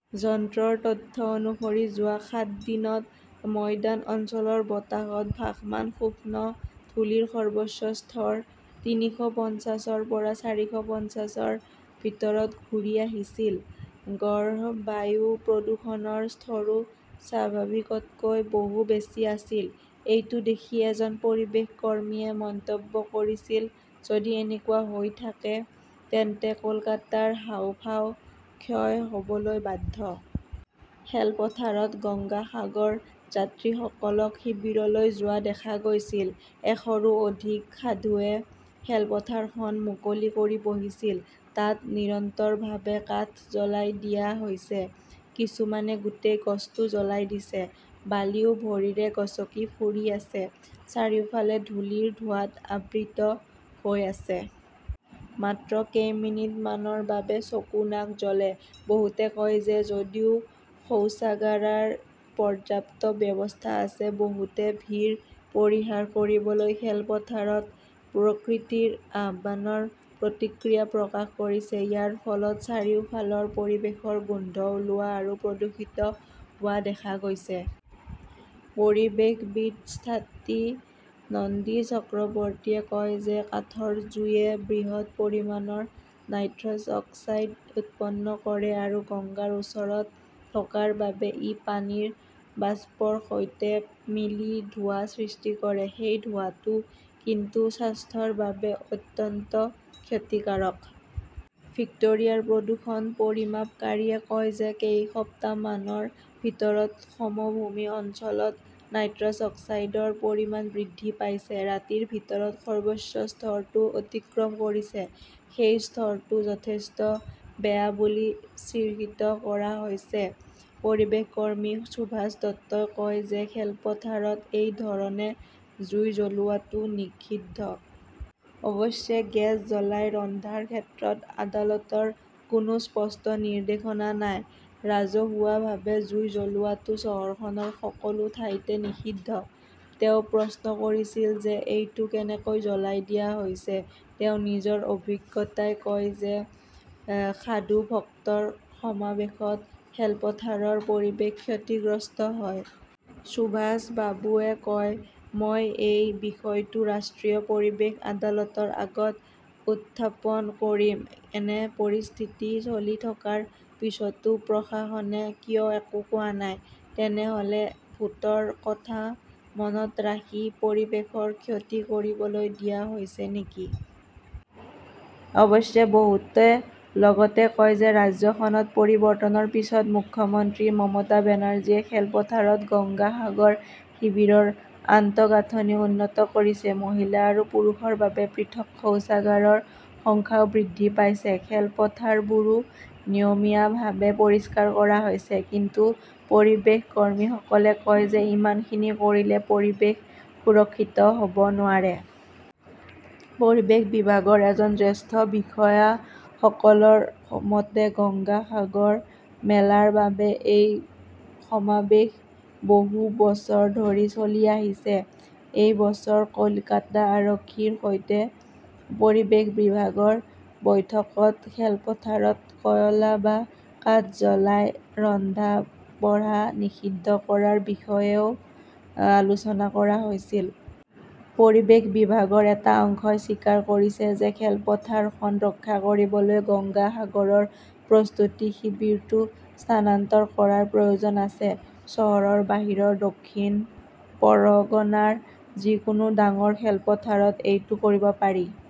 যন্ত্ৰৰ তথ্য অনুসৰি যোৱা সাত দিনত ময়দান অঞ্চলৰ বতাহত ভাসমান সূক্ষ্ম ধূলিৰ সৰ্বোচ্চ স্তৰ তিনিশ পঞ্চাশ ৰ পৰা চাৰিশ পঞ্চাশ ৰ ভিতৰত ঘূৰি আহিছিল। গড় বায়ু প্ৰদূষণৰ স্তৰো স্বাভাৱিকতকৈ বহু বেছি আছিল। এইটো দেখি এজন পৰিৱেশ কৰ্মীয়ে মন্তব্য কৰিছিল, "যদি এনেকুৱা হৈ থাকে তেন্তে কলকাতাৰ হাঁওফাঁও ক্ষয় হ'বলৈ বাধ্য। খেলপথাৰত গংগা সাগৰ যাত্ৰীসকলক শিবিৰলৈ যোৱা দেখা গৈছিল, এশৰো অধিক সাধুয়ে খেলপথাৰখন মুকলি কৰি বহিছিল। তাত নিৰন্তৰভাৱে কাঠ জ্বলাই দিয়া হৈছে, কিছুমানে গোটেই গছটো জ্বলাই দিছে। বালিও ভৰিৰে গচকি ফুৰি আছে। চাৰিওফালে ধূলিৰ ধোঁৱাত আবৃত হৈ আছে। মাত্ৰ কেইমিনিটমানৰ বাবে চকু, নাক জ্বলে। বহুতে কয় যে যদিও শৌচাগাৰাৰ পৰ্যাপ্ত ব্যৱস্থা আছে, বহুতে ভিৰ পৰিহাৰ কৰিবলৈ খেলপথাৰত প্ৰকৃতিৰ আহ্বানৰ প্ৰতিক্ৰিয়া প্ৰকাশ কৰিছে। ইয়াৰ ফলত চাৰিওফালৰ পৰিৱেশৰ গোন্ধ ওলোৱা আৰু প্ৰদূষিত হোৱা দেখা গৈছে। পৰিৱেশবিদ স্থাতি নন্দী চক্ৰৱৰ্তীয়ে কয় যে কাঠৰ জুইয়ে বৃহৎ পৰিমাণৰ নাইট্ৰছ অক্সাইড উৎপন্ন কৰে আৰু গংগাৰ ওচৰত থকাৰ বাবে ই পানীৰ বাষ্পৰ সৈতে মিলি ধোঁৱা সৃষ্টি কৰে। সেই ধোঁৱাটো কিন্তু স্বাস্থ্যৰ বাবে অত্যন্ত ক্ষতিকাৰক। ভিক্টোৰিয়াৰ প্ৰদূষণ পৰিমাপকাৰীয়ে কয় যে কেইসপ্তাহমানৰ ভিতৰত সমভূমি অঞ্চলত নাইট্ৰছ অক্সাইডৰ পৰিমাণ বৃদ্ধি পাইছে। ৰাতিৰ ভিতৰত সৰ্বোচ্চ স্তৰটো অতিক্ৰম কৰিছে। সেই স্তৰটো যথেষ্ট বেয়া বুলি চিৰ্হিত কৰা হৈছে। পৰিৱেশ কৰ্মী সুভাষ দত্তই কয় যে খেলপথাৰত এই ধৰণে জুই জ্বলোৱাটো নিষিদ্ধ। অৱশ্যে, গেছ জ্বলাই ৰন্ধাৰ ক্ষেত্ৰত আদালতৰ কোনো স্পষ্ট নিৰ্দেশনা নাই। ৰাজহুৱাভাৱে জুই জ্বলোৱাটো চহৰখনৰ সকলো ঠাইতে নিষিদ্ধ। তেওঁ প্ৰশ্ন কৰিছিল যে, এইটো কেনেকৈ জ্বলাই দিয়া হৈছে। তেওঁৰ নিজৰ অভিজ্ঞতাই কয় যে সাধু-ভক্তৰ সমাৱেশত খেলপথাৰৰ পৰিৱেশ ক্ষতিগ্ৰস্ত হয়। সুভাষ বাবুৱে কয়, মই এই বিষয়টো ৰাষ্ট্ৰীয় পৰিৱেশ আদালতৰ আগত উত্থাপন কৰিম। এনে পৰিস্থিতি চলি থকাৰ পিছতো প্ৰশাসনে কিয় একো কোৱা নাই? তেনেহ 'লে ভোটৰ কথা মনত ৰাখি পৰিৱেশৰ ক্ষতি কৰিবলৈ দিয়া হৈছে নেকি? অৱশ্যে বহুতে লগতে কয় যে ৰাজ্যখনত পৰিৱৰ্তনৰ পিছত মুখ্যমন্ত্ৰী মমতা বেনাৰ্জীয়ে খেলপথাৰত গংগা সাগৰ শিবিৰৰ আন্তঃগাঁথনি উন্নত কৰিছে। মহিলা আৰু পুৰুষৰ বাবে পৃথক শৌচাগাৰৰ সংখ্যাও বৃদ্ধি পাইছে। খেলপথাৰবোৰো নিয়মীয়াভাৱে পৰিষ্কাৰ কৰা হৈছে। কিন্তু পৰিৱেশ কৰ্মীসকলে কয় যে ইমানখিনি কৰিলে পৰিৱেশ সুৰক্ষিত হ'ব নোৱাৰে। পৰিৱেশ বিভাগৰ এজন জ্যেষ্ঠ বিষয়াসকলৰ মতে, গংগা সাগৰ মেলাৰ বাবে এই সমাৱেশ বহু বছৰ ধৰি চলি আহিছে। এই বছৰ কলকাতা আৰক্ষীৰ সৈতে পৰিৱেশ বিভাগৰ বৈঠকত খেলপথাৰত কয়লা বা কাঠ জ্বলাই ৰন্ধা-বঢ়া নিষিদ্ধ কৰাৰ বিষয়েও আলোচনা কৰা হৈছিল। পৰিৱেশ বিভাগৰ এটা অংশই স্বীকাৰ কৰিছে যে খেলপথাৰখন ৰক্ষা কৰিবলৈ গংগা সাগৰৰ প্ৰস্তুতি শিবিৰটো স্থানান্তৰ কৰাৰ প্ৰয়োজন আছে। চহৰৰ বাহিৰৰ দক্ষিণ পৰগনাৰ যিকোনো ডাঙৰ খেলপথাৰত এইটো কৰিব পাৰি।